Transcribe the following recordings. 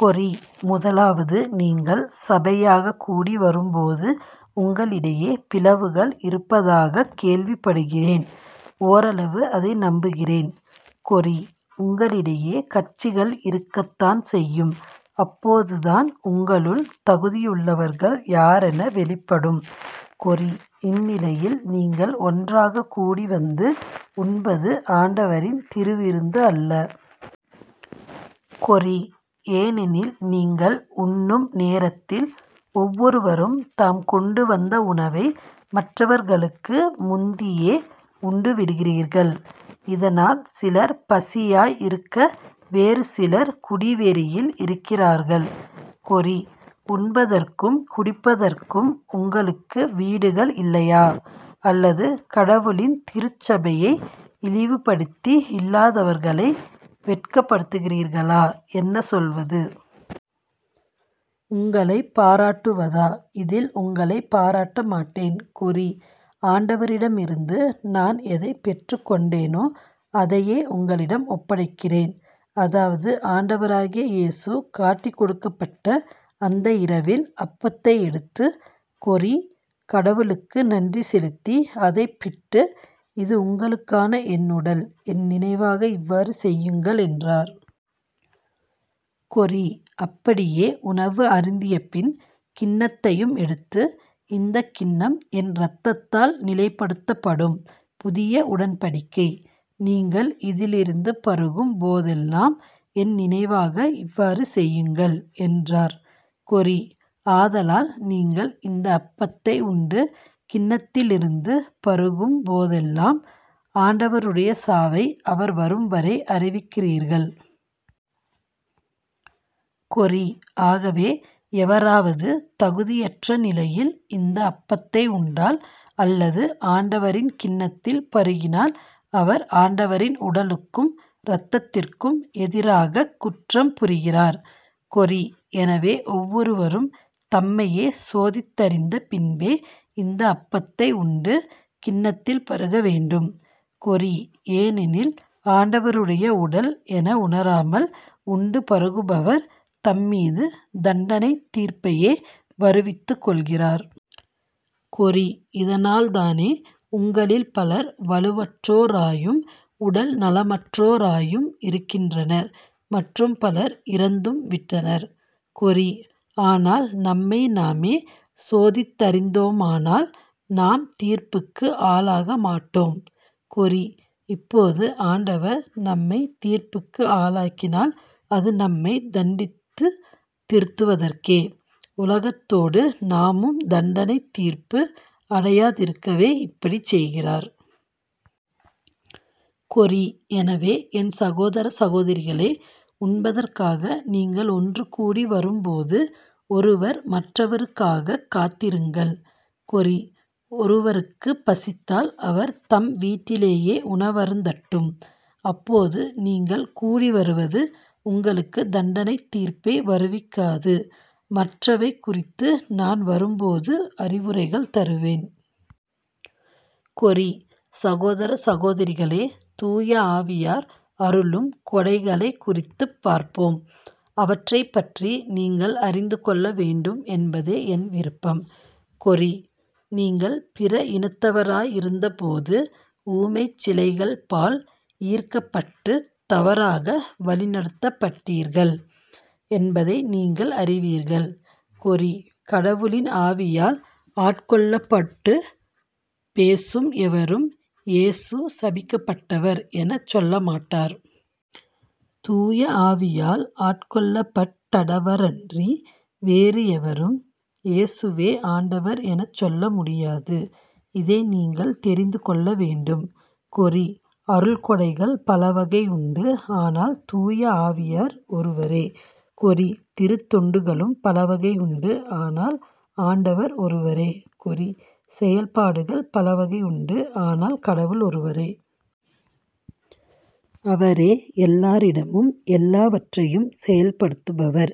கொரி. முதலாவது நீங்கள் சபையாகக் கூடி வரும்போது உங்களிடையே பிளவுகள் இருப்பதாகக் கேள்விப்படுகிறேன். ஓரளவு அதை நம்புகிறேன். கொரி. உங்களிடையே கட்சிகள் இருக்கத்தான் செய்யும். அப்போதுதான் உங்களுள் தகுதியுள்ளவர்கள் யாரென வெளிப்படும். கொரி. இந்நிலையில் நீங்கள் ஒன்றாகக் கூடி வந்து உண்பது ஆண்டவரின் திருவிருந்து அல்ல. கொரி. ஏனெனில் நீங்கள் உண்ணும் நேரத்தில் ஒவ்வொருவரும் தாம் கொண்டுவந்த உணவை மற்றவர்களுக்கு முந்தியே உண்டுவிடுகிறீர்கள். இதனால் சிலர் பசியாய் இருக்க வேறு சிலர் குடிவெறியில் இருக்கிறார்கள். கொரி. உண்பதற்கும் குடிப்பதற்கும் உங்களுக்கு வீடுகள் இல்லையா? அல்லது கடவுளின் திருச்சபையை இழிவுப்படுத்தி இல்லாதவர்களை வெட்கப்படுத்துகிறீர்களா? என்ன சொல்வது? உங்களைப் பாராட்டுவதா? இதில் உங்களைப் பாராட்ட மாட்டேன். கொரி. ஆண்டவரிடமிருந்து நான் எதைப் பெற்றுக்கொண்டேனோ அதையே உங்களிடம் ஒப்படைக்கிறேன். அதாவது ஆண்டவராகிய இயேசு காட்டிக்கொடுக்கப்பட்ட அந்த இரவில் அப்பத்தை எடுத்து கொரி. கடவுளுக்கு நன்றி செலுத்தி அதைப்பிட்டு "இது உங்களுக்கான என் உடல். என் நினைவாக இவ்வாறு செய்யுங்கள் " என்றார். கொரி. அப்படியே உணவு அருந்தியபின் கிண்ணத்தையும் எடுத்து "இந்தக் கிண்ணம் என் இரத்தத்தால் நிலைப்படுத்தப்படும் புதிய உடன்படிக்கை. நீங்கள் இதிலிருந்து பருகும் போதெல்லாம் என் நினைவாக இவ்வாறு செய்யுங்கள் " என்றார். கொரி. ஆதலால் நீங்கள் இந்த அப்பத்தை உண்டு கிண்ணத்திலிருந்து பருகும் போதெல்லாம் ஆண்டவருடைய சாவை அவர் வரும்வரை அறிவிக்கிறீர்கள். கொரி. ஆகவே எவராவது தகுதியற்ற நிலையில் இந்த அப்பத்தை உண்டால் அல்லது ஆண்டவரின் கிண்ணத்தில் பருகினால் அவர் ஆண்டவரின் உடலுக்கும் இரத்தத்திற்கும் எதிராகக் குற்றம் புரிகிறார். கொரி. எனவே ஒவ்வொருவரும் தம்மையே சோதித்தறிந்த பின்பே இந்த அப்பத்தை உண்டு கிண்ணத்தில் பருக வேண்டும். கொரி. ஏனெனில் ஆண்டவருடைய உடல் என உணராமல் உண்டு பருகுபவர் தம் மீது தண்டனைத் தீர்ப்பையே வருவித்துக் கொள்கிறார். கொரி. இதனால்தானே உங்களில் பலர் வலுவற்றோராயும் உடல்நலமற்றோராயும் இருக்கின்றனர் மற்றும் பலர் இறந்தும் விட்டனர். கொரி. ஆனால் நம்மை நாமே சோதித்தறிந்தோமானால் நாம் தீர்ப்புக்கு ஆளாக மாட்டோ ம். கொரி. இப்போது ஆண்டவர் நம்மைத் தீர்ப்புக்கு ஆளாக்கினால் அது நம்மைத் தண்டித்துத் திருத்துவதற்கே. உலகத்தோடு நாமும் தண்டனைத் தீர்ப்பு அடையாதிருக்கவே இப்படிச் செய்கிறார். கொரி. எனவே என் சகோதர சகோதரிகளே உண்பதற்காக நீங்கள் ஒன்று கூடி வரும்போது ஒருவர் மற்றவருக்காகக் காத்திருங்கள். கொரி. ஒருவருக்குப் பசித்தால் அவர் தம் வீட்டிலேயே உணவருந்தட்டும். அப்போது நீங்கள் கூடிவருவது உங்களுக்குத் தண்டனைத் தீர்ப்பை வருவிக்காது. மற்றவை குறித்து நான் வரும்போது அறிவுரைகள் தருவேன்.. கொரி. சகோதர சகோதரிகளே தூயஆவியார் அருளும் கொடைகளைக் குறித்துப் பார்ப்போம். அவற்றைப் பற்றி நீங்கள் அறிந்து கொள்ள வேண்டும் என்பதே என் விருப்பம். கொரி.. நீங்கள் பிற இனத்தவராயிருந்தபோது ஊமைச் சிலைகள்பால் ஈர்க்கப்பட்டுத் தவறாக வழிநடத்தப்பட்டீர்கள் என்பதை நீங்கள் அறிவீர்கள். கொரி. கடவுளின் ஆவியால் ஆட்கொள்ளப்பட்டுப் பேசும் எவரும் "இயேசு சபிக்கப்பட்டவர் " எனச் சொல்ல மாட்டார். தூய ஆவியால் ஆட்கொள்ளப்பட்டடவரன்றி வேறு எவரும் "இயேசுவே ஆண்டவர் " எனச் சொல்ல முடியாது. இதை நீங்கள் தெரிந்து கொள்ள வேண்டும். கொரி. அருள்கொடைகள் பலவகையுண்டு ஆனால் தூய ஆவியார் ஒருவரே. கொரி. திருத் தொண்டுகளும் பலவகையுண்டு ஆனால் ஆண்டவர் ஒருவரே. கொரி. செயல்பாடுகள் பலவகையுண்டு ஆனால் கடவுள் ஒருவரே. அவரே எல்லாரிடமும் எல்லாவற்றையும் செயல்படுத்துபவர்.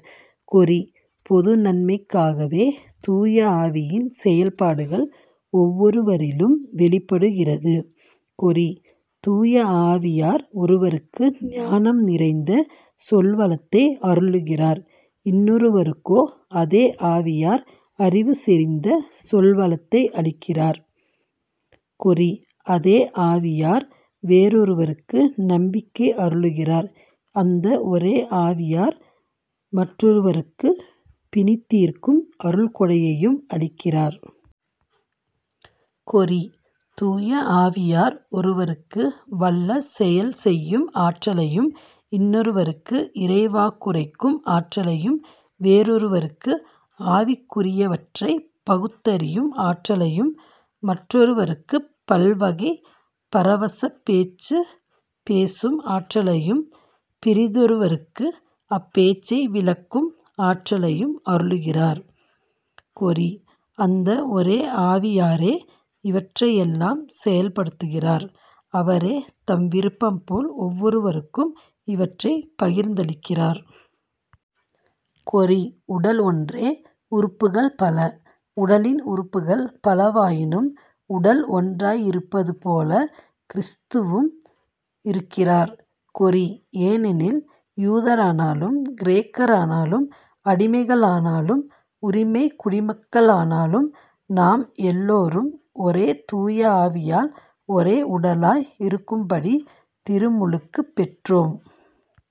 கொரி. பொது நன்மைக்காகவே தூய ஆவியின் செயல்பாடுகள் ஒவ்வொருவரிலும் வெளிப்படுகிறது. கொரி. தூய ஆவியார் ஒருவருக்கு ஞானம் நிறைந்த சொல்வளத்தை அருளுகிறார். இன்னொருவருக்கோ அதே ஆவியார் அறிவுசெறிந்த சொல்வளத்தை அளிக்கிறார். கொரி. அதே ஆவியார் வேறொருவருக்கு நம்பிக்கை அருளுகிறார். அந்த ஒரே ஆவியார் மற்றொருவருக்குப் பிணிதீர்க்கும் அருள்கொடையையும் அளிக்கிறார். கொரி. தூயஆவியார் ஒருவருக்கு வல்ல செயல் செய்யும் ஆற்றலையும் இன்னொருவருக்கு இறைவாக்குரைக்கும் ஆற்றலையும் வேறொருவருக்கு ஆவிக்குரியவற்றைப் பகுத்தறியும் ஆற்றலையும் மற்றொருவருக்குப் பல்வகை பரவசப் பேச்சு பேசும் ஆற்றலையும் பிறிதொருவருக்கு அப்பேச்சை விளக்கும் ஆற்றலையும் அருளுகிறார். கொரி. அந்த ஒரே ஆவியாரே இவற்றையெல்லாம் செயல்படுத்துகிறார் அவரே தம் விருப்பம்போல் ஒவ்வொருவருக்கும் இவற்றைப் பகிர்ந்தளிக்கிறார். கொரி. உடல் ஒன்றே உறுப்புகள் பல. உடலின் உறுப்புகள் பலவாயினும் உடல் ஒன்றாயிருப்பதுபோல கிறிஸ்துவும் இருக்கிறார். கொரி. ஏனெனில் யூதரானாலும் கிரேக்கரானாலும் அடிமைகளானாலும் உரிமைக் குடிமக்களானாலும் நாம் எல்லாரும் ஒரே தூய ஆவியால் ஒரே உடலாய் இருக்கும்படி திருமுழுக்குப் பெற்றோம்.